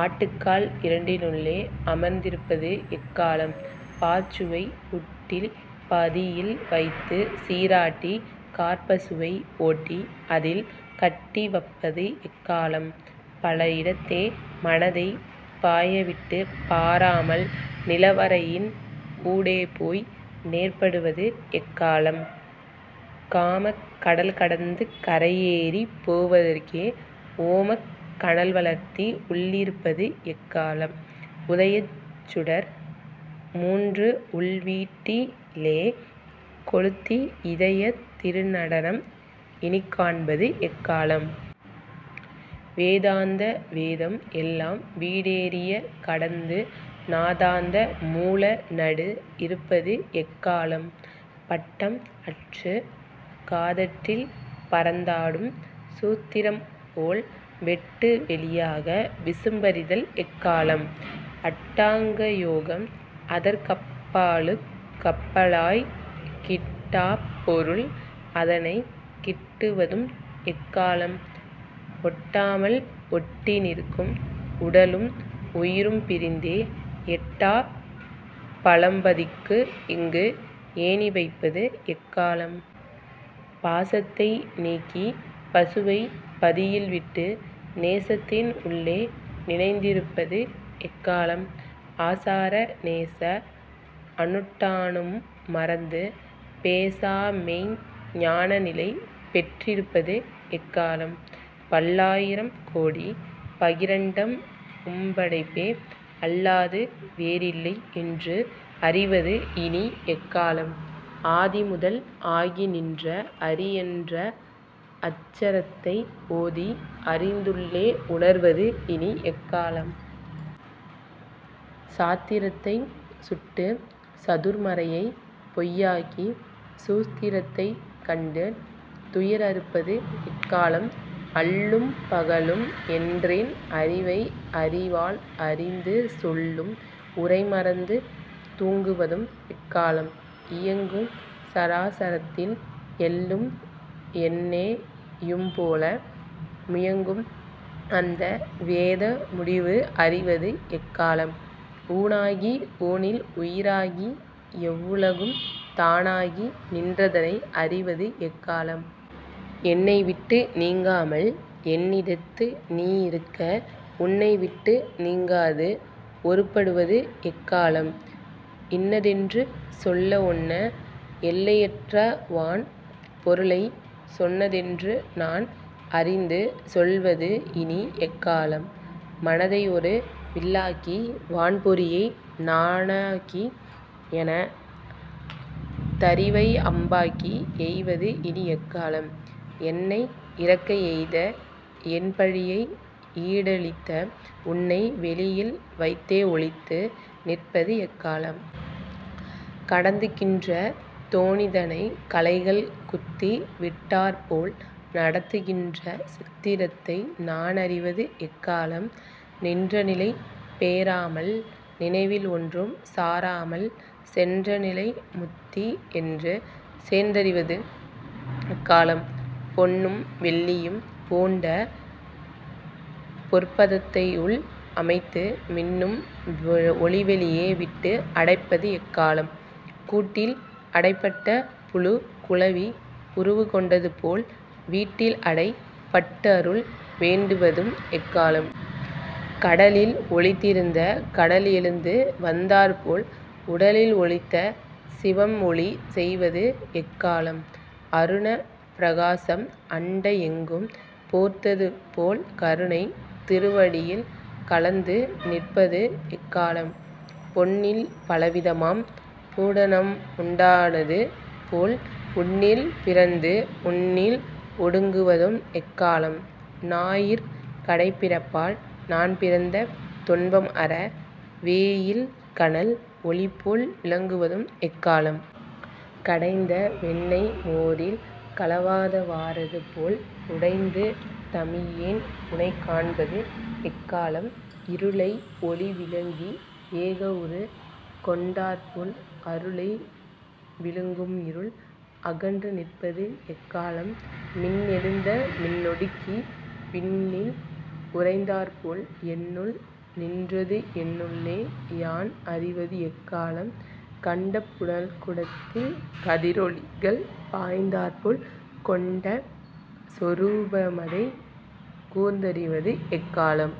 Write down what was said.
ஆட்டுக்கால் இரண்டினுள்ளே அமர்ந்திருப்பது எக்காலம்? பாற்சுவைப் பூட்டிப் பதியில் வைத்துச் சீராட்டிக் காற்பசுவை ஓட்டி அதில் கட்டி வப்பது எக்காலம்? பல இடத்தே மனதைப் பாயவிட்டுப் பாராமல் நிலவரையின் ஊடேபோய் நேர்படுவது எக்காலம்? காமக் கடல்கடந்து கரைஏறிப் போவதற்கே ஓமக் கனல்வளர்த்தி உள்ளிருப்பது எக்காலம்? உதயச் சுடர் மூன்றும் உள்வீட்டி லே கொளுத்தி இதயத் திருநடனம் இனிக்காண்பது எக்காலம்? வேதாந்த வேதம் எல்லாம் வீட்டேறியே கடந்து நாதாந்த மூல நடு இருப்பது எக்காலம்? பட்டம் அற்றுக் காதற்றில் பறந்தாடும் சூத்திரம் போல் வெட்டு வெளியாக விசும்பறிதல் எக்காலம்? அட்டாங்கயோகம் அதற்கப்பாலுக் கப்பாலாய் கிட்டாப் பொருள் அதனைக் கிட்டுவதும் எக்காலம்? ஒட்டாமல் ஒட்டிநிற்கும் உடலும் உயிரும்பிரிந்தே எட்டாப் பழம்பதிக்கு இங்கு ஏணிவைப்பது எக்காலம்? பாசத்தை நீக்கி பசுவைப் பதியில்விட்டு நேசத்தின் உள்ளே நினைந்திருப்பது எக்காலம்? ஆசார நேச அனுட்டானமும் மறந்து பேசாமெய்ஞ் ஞானநிலை பெற்றிருப்பது எக்காலம்? பல்லாயிரம் கோடிப் பகிரண்டம் உம்படைப்பே அல்லாது வேறில்லை என்று அறிவது இனி எக்காலம்? ஆதிமுதல் ஆகிநின்ற அரிஎன்ற அட்சரத்தை ஓதி அறிந்துள்ளே உணர்வது இனி எக்காலம்? சாத்திரத்தைச் சுட்டுச் சதுர்மறையைப் பொய்யாக்கிச் சூத்திரத்தைக் கண்டு துயர் அறுப்பது எக்காலம்? அல்லும் பகலும் என்றன் அறிவை அறிவால் அறிந்து சொல்லும் உரைமறந்து தூங்குவதும் எக்காலம்? இயங்கும் சராசரத்தில் எள்ளும் எண்ணெ யும்போல முயங்கும் அந்த வேத முடிவு அறிவது எக்காலம்? ஊனாகி ஊனில் உயிராகி எவ்வுலகும் தானாகி நின்றதனை அறிவது எக்காலம்? என்னை விட்டு நீங்காமல் என்னிடத்து நீ இருக்க உன்னை விட்டு நீங்காது ஒருப்படுவது எக்காலம்? இன்னதென்று சொல்லஒண்ணா எல்லையற்ற வான் பொருளைச் சொன்னதென்று நான் அறிந்து சொல்வது இனி எக்காலம்? மனதைஒரு வில்லாக்கி வான்பொறியை நாணாக்கி என தறிவைஅம்பாக்கி எய்வது இனி எக்காலம்? என்னை இறக்கஎய்தே என்பழியை ஈடழித்த உன்னை வெளியில் வைத்தேஒளித்து நிற்பது எக்காலம்? கடத்துகின்ற தோணிதனைக் கழைகள் குத்தி விட்டாற்போல் நடத்துகின்ற சித்திரத்தை நான்அறிவது எக்காலம்? நின்றநிலை பேராமல், நினைவில்ஒன்றும் சாராமல் சென்றநிலை முத்தி என்று சேர்ந்தறிவது எக்காலம்? பொன்னும் வெள்ளியும் பூண்ட பொற்பதத்தைஉள் அமைத்து மின்னும் ஒளிவெளியே விட்டு அடைப்பது எக்காலம்? கூட்டில் அடைப்பட்ட புழு குளவி உருக்கொண்டதுபோல் வீட்டில்அடை பட்டுஅருளை வேண்டுவதும் எக்காலம்? கடலில்ஒளித்திருந்த கனல்எழுந்து வந்தாற்போல் உடலில்ஒளித்த சிவம்ஒளி செய்வது எக்காலம்? அருணப் பிரகாசம் அண்டஎங்கும் போர்த்தது போல் கருணைத் திருவடியில் கலந்து நிற்பது எக்காலம்? பொன்னில் பலவிதமாம் பூடணம்உண்டானது போல் உன்னில் பிறந்து உன்னில்ஒடுங்குவதும் எக்காலம்? நாயிற் கடைப்பிறப்பால் நான்பிறந்த துன்பம்அற வேயில் கனல் ஒளிபோல் விளங்குவதும் எக்காலம்? கடைந்த வெண்ணய் மோரில் கலவாதவாறதுபோல் உடைந்து தமியேன் உனைக்காண்பது எக்காலம்? இருளை ஒளி விழுங்கி ஏகஉருக் கொண்டாற்போல் அருளை விழுங்கும்இருள் அகன்று நிற்பது எக்காலம்? மின் எழுந்து மின்ஒடுங்கி விண்ணில் உறைந்தாற்போல் என்னுள் நின்றதுஎன்னுள்ளே யான் அறிவது எக்காலம்? கண்ட புனல்குடத்தில் கதிர் ஒளிகள் பாய்ந்தாற்போல் கொண்ட சொரூபமதைக் கூர்ந்தறிவது எக்காலம்?